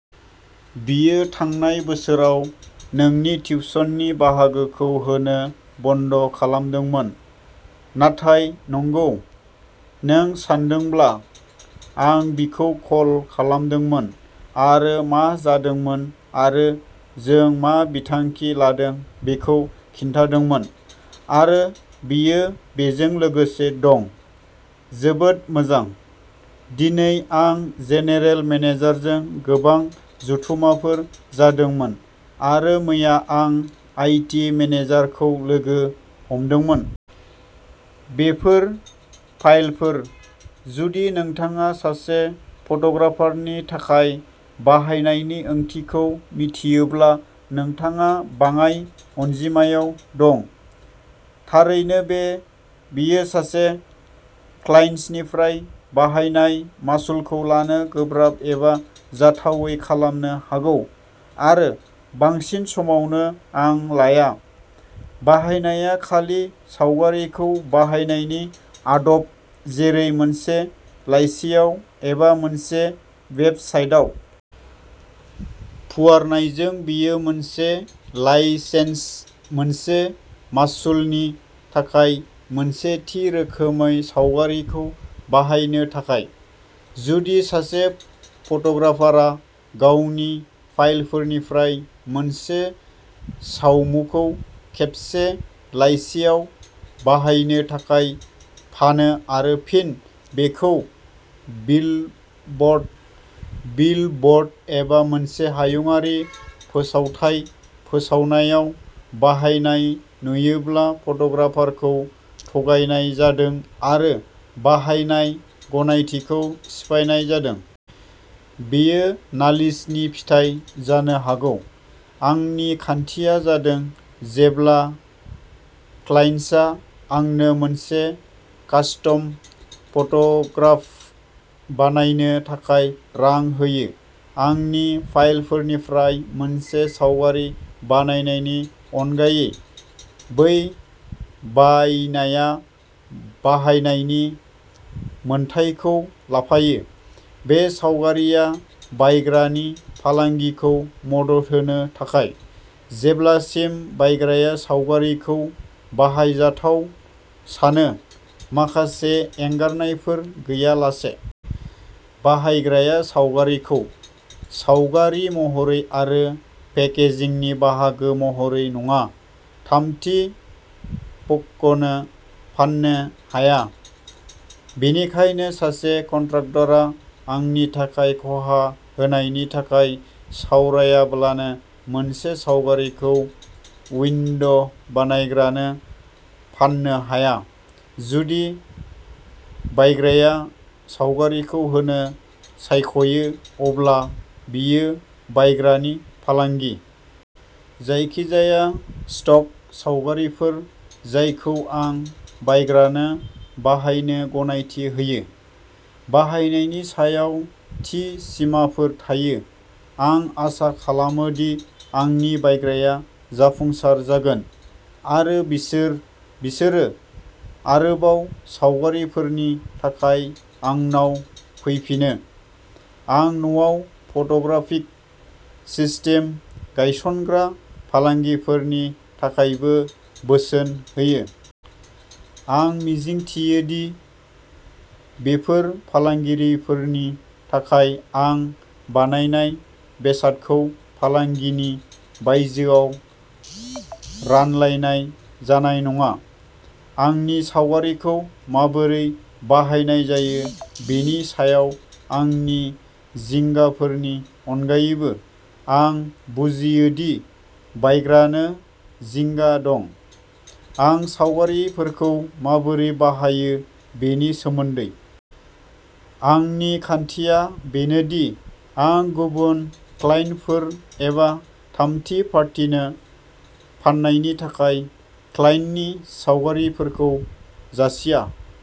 बियो थांनाय बोसोराव नोंनि टिउसननि बाहागोखौ होनो बन्द'खालामदोंमोन। नाथाय नंगौ, नों सानदोंब्ला, आं बिखौ कल खालामदोंमोन आरो मा जादोंमोन आरो जों मा बिथांखि लादों बेखौ खिन्थादोंमोन। आरो बियो बेजों लोगोसे दं। जोबोद मोजां, दिनै आं जेनेरेल मेनेजारजों गोबां जथुमफोर जादोंमोन, आरो मैया आं आईटी मेनेजारखौ लोगो हमदोंमोन। बेफोर फाइलफोर। जुदि नोंथाङा सासे फट'ग्राफारनि थाखाय बाहायनायनि ओंथिखौ मिथियोब्ला नोंथाङा बाङाइ अनजिमायाव दं। थारैनो बे बियो सासे क्लाइन्टनिफ्राय बाहायनाय मासुलखौ लानो गोब्राब एबा जाथावै खालामनो हागौ, आरो बांसिन समावनो आं लाया। बाहायनाया खालि सावगारिखौ बाहायनायनि आदब, जेरै मोनसे लाइजियाव एबा मोनसे वेब साइटआव। फुवारनायजों बेयो मोनसे लाइसेन्स, मोनसे मासुलनि थाखाय, मोनसे थि रोखोमै सावगारिखौ बाहायनो थाखाय। जुदि सासे फट'ग्राफारआ गावनि फाइलफोरनिफ्राय मोनसे सावमुखौ खेबसे लाइजियाव बाहायनो थाखाय फानो आरो फिन बेखौ बिलब'डर बिलब'र्ड एबा मोनसे हायुंआरि फोसावथाय फोसावनायाव बाहायनाय नुयोब्ला फट'ग्राफारखौ थगायनाय जादों आरो बाहायनाय गनायथिखौ सिफायनाय जादों। बेयो नालिसनि फिथाय जानो हागौ। आंनि खान्थिया जादों जेब्ला क्लाइन्टआ आंनो मोनसे कास्टम फट'ग्राफ बानायनो थाखाय रां होयो, आंनि फाइलफोरनिफ्राय मोनसे सावगारि बायनायनि अनगायै, बै बायनाया बाहायनायनि मोन्थाइखौ लाफायो। बे सावगारिआ बायग्रानि फालांगिखौ मदद होनो थाखाय, जेब्लासिम बायग्राया सावगारिखौ बाहायजाथाव सानो, माखासे एंगारनायफोर गैयालासे। बाहायग्राया सावगारिखौ, सावगारि महरै आरो पेकेजिंनि बाहागो महरै नङा, थामथि पक्षनो फाननो हाया। बेनिखायनो सासे कन्ट्राक्टरआ आंनि थाखाय खहा होनायनि थाखाय सावरायालाबानो मोनसे सावगारिखौ उइन्ड'बानायग्रानो फान्नो हाया। जुदि बायग्राया सावगारिखौ होनो सायख'यो, अब्ला बेयो बायग्रानि फालांगि। जायखिजाया स्टक सावगारिफोर जायखौ आं बायग्रानो बाहायनो गनायथि होयो, बाहायनायनि सायाव थि सिमाफोर थायो। आं आसा खालामो दि आंनि बायग्राया जाफुंसार जागोन, आरो बिसोर बिसोरो आरोबाव सावगारिफोरनि थाखाय आंनाव फैफिनो। आं न'आव फट'ग्राफिक सिस्टेम गायसनग्रा फालांगिफोरनि थाखायबो बोसोन होयो। आं मिजिंथियो दि बेफोर फालांगिफोरनि थाखाय आं बानायनाय बेसादखौ फालांगिनि बायजोआव रानलायनाय जानाय नङा। आंनि सावगारिफोरखौ माबोरै बाहायनाय जायो बेनि सायाव आंनि जिंगाफोरनि अनगायैबो आं बुजियो दि बायग्रानो जिंगा दं। आं सावगारिफोरखौ माबोरै बाहायो बेनि सोमोन्दै। आंनि खान्थिया बेनो दि आं गुबुन क्लाइन्टफोर एबा थामथि पार्टिनो फाननायनि थाखाय क्लाइन्टनि सावगारिफोरखौ जासिया।